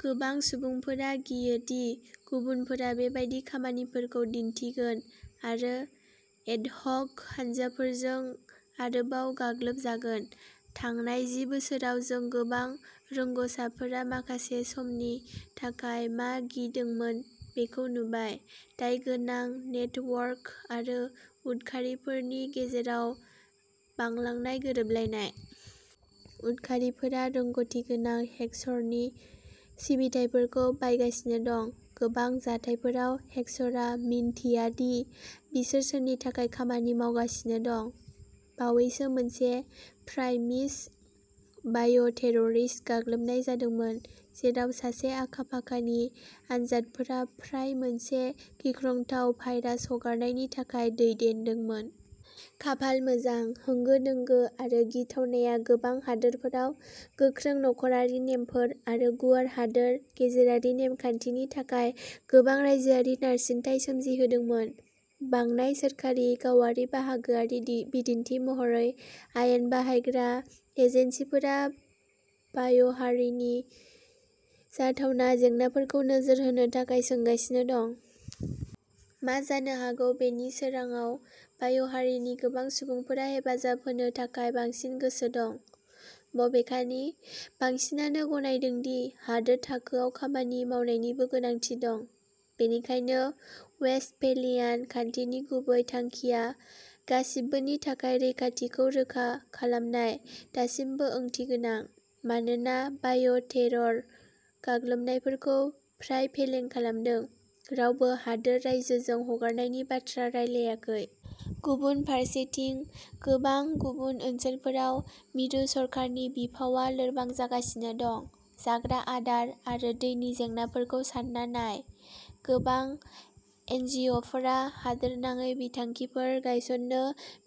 गोबां सुबुंफोरा गियो दि गुबुनफोरा बेबादि खामानिफोरखौ दिन्थिगोन आरो एडहक हानजाफोरजों आरोबाव गाग्लोबजागोन। थांनाय जि बोसोराव जों गोबां रोंग'साफोरा माखासे समनि थाखाय मा गिदोंमोन बेखौ नुबायः दायगोनां नेटवर्क आरो उदखारिफोरनि गेजेराव बांलांनाय गोरोबलायनाय। उदखारिफोरा रोंग'थिगोनां हेकर्सनि सिबिथायफोरखौ बायगासिनो दं। गोबां जाथायफोराव, हेकर्सआ मिन्थिया दि बिसोर सोरनि थाखाय खामानि मावगासिनो दं। बावैसो मोनसे फ्राय-मिस बाय'टेररिस्ट गाग्लोबनाय जादोंमोन, जेराव सासे आखा-फाखानि आनजादफोरा फ्राय मोनसे गिख्रंथाव भाइरास हगारनायनि थाखाय दैदेनदोंमोन। खाफाल मोजां, होंगो दोंगो आरो गिथावनाया गोबां हादोरफोराव गोख्रों नखरारि नेमफोर आरो गुवार हादोर गेजेरारि नेमखान्थिनि थाखाय गोबां रायजोआरि नारसिनथाय सोमजिहोदोंमोन। बांनाय सोरखारि-गावारि बाहागोआरिनि बिदिन्थि महरै, आयेन बाहायग्रा एजेन्सिफोरा बाय'हारिखौ जाथावना जेंनाफोरखौ नोजोर होनो थाखाय सोंगासिनो दं। मा जानो हागौ बेनि सोरांाव, बाय'हारिनि गोबां सुबुंफोरा हेफाजाब होनो थाखाय बांसिन गोसो दं। बबेखानि, बांसिनानो गनायदों दि हादोर थाखोआव खामानि मावनायनिबो गोनांथि दं। बेनिखायनो, वेस्टफेलियान खान्थिनि गुबै थांखिया-गासिबोनि थाखाय रैखाथिखौ रोखा खालामनाय दासिमबो ओंथिगोनां; मानोना बाय'टेरर गाग्लोबनायखौ फ्राय फेलें जादों, रावबो हादोर-रायजोजों हगारनायनि बाथ्रा रायलायाखै। गुबुन फारसेथिं, गोबां गुबुन ओनसोलफोराव, मिरु सरकारनि बिफावआ लोरबां जागासिनो दं। जाग्रा आदार आरो दैनि जेंनाफोरखौ सान्ना नाय। गोबां एनजिअ'फोरा हादोरनाङै बिथांखिफोर गायसननो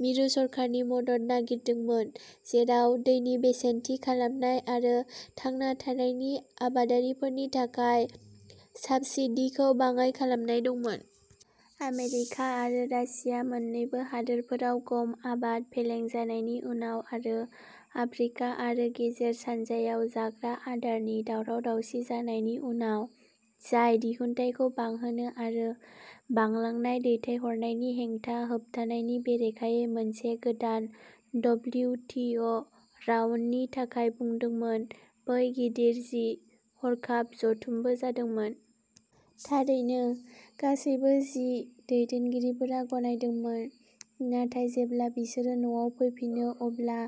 मिरु सरकारनि मदद नागिरदोंमोन, जेराव दैनि बेसेन थि खालामनाय आरो थांना थानायनि आबादारिफोरनि थाखाय साब्सिडीखौ बाङाइ खालामनाय दंमोन। आमेरिका आरो रासिया मोन्नैबो हादोरफोराव गम आबाद फेलें जानायनि उनाव आरो आफ्रिका आरो गेजेर सानजायाव जाग्रा आदारनि दावराव-दावसि जानायनि उनाव-जाय दिहुनथायखौ बांहोनो आरो बांलांनाय दैथायहरनायनि हेंथा होबथानायनि बेरेखायै मोनसे गोदान डब्लिउटिअ'राउन्डनि थाखाय बुंदोंमोन-बै गिदिर जि- हरखाब जथुमबो जादोंमोन। थारैनो, गासैबो जि- दैदेनगिरिफोरा गनायदोंमोन, नाथाय जेब्ला बिसोरो न'आव फैफिनो, अब्ला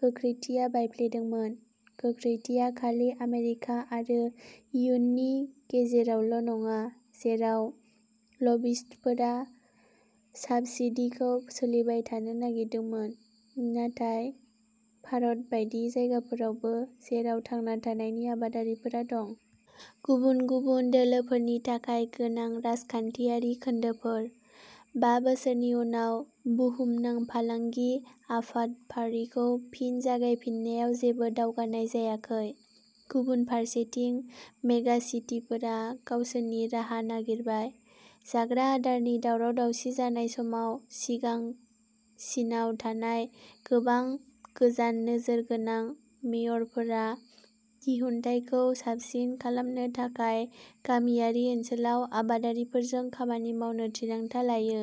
गोख्रैथिया बायफ्लेदोंमोन। गोख्रैथिया खालि आमेरिका आरो इयुनि गेजेरावल'नङा, जेराव लबिस्टफोरा साब्सिडीखौ सोलिबाय थानो नागिरदोंमोन, नाथाय भारत बायदि जायगाफोरावबो जेराव थांना थानायनि आबादारिफोरा दं। गुबुन गुबुन दोलोफोरनि थाखाय गोनां राजखान्थियारि खोन्दोफोर। बा बोसोरनि उनाव बुहुमनां फालांगि आफाद फारिखौ फिन जागायफिन्नायाव जेबो दावगानाय जायाखै। गुबुन फारसेथिं, मेगासिटिफोरा गावसोरनि राहा नागिरबाय। जाग्रा आदारनि दावराव-दावसि जानाय समाव सिगांसिनाव थानाय गोबां गोजान नोजोर गोनां मेयरफोरा दिहुनथायखौ साबसिन खालामनो थाखाय गामियारि ओनसोलाव आबादारिफोरजों खामानि मावनो थिरांथा लायो।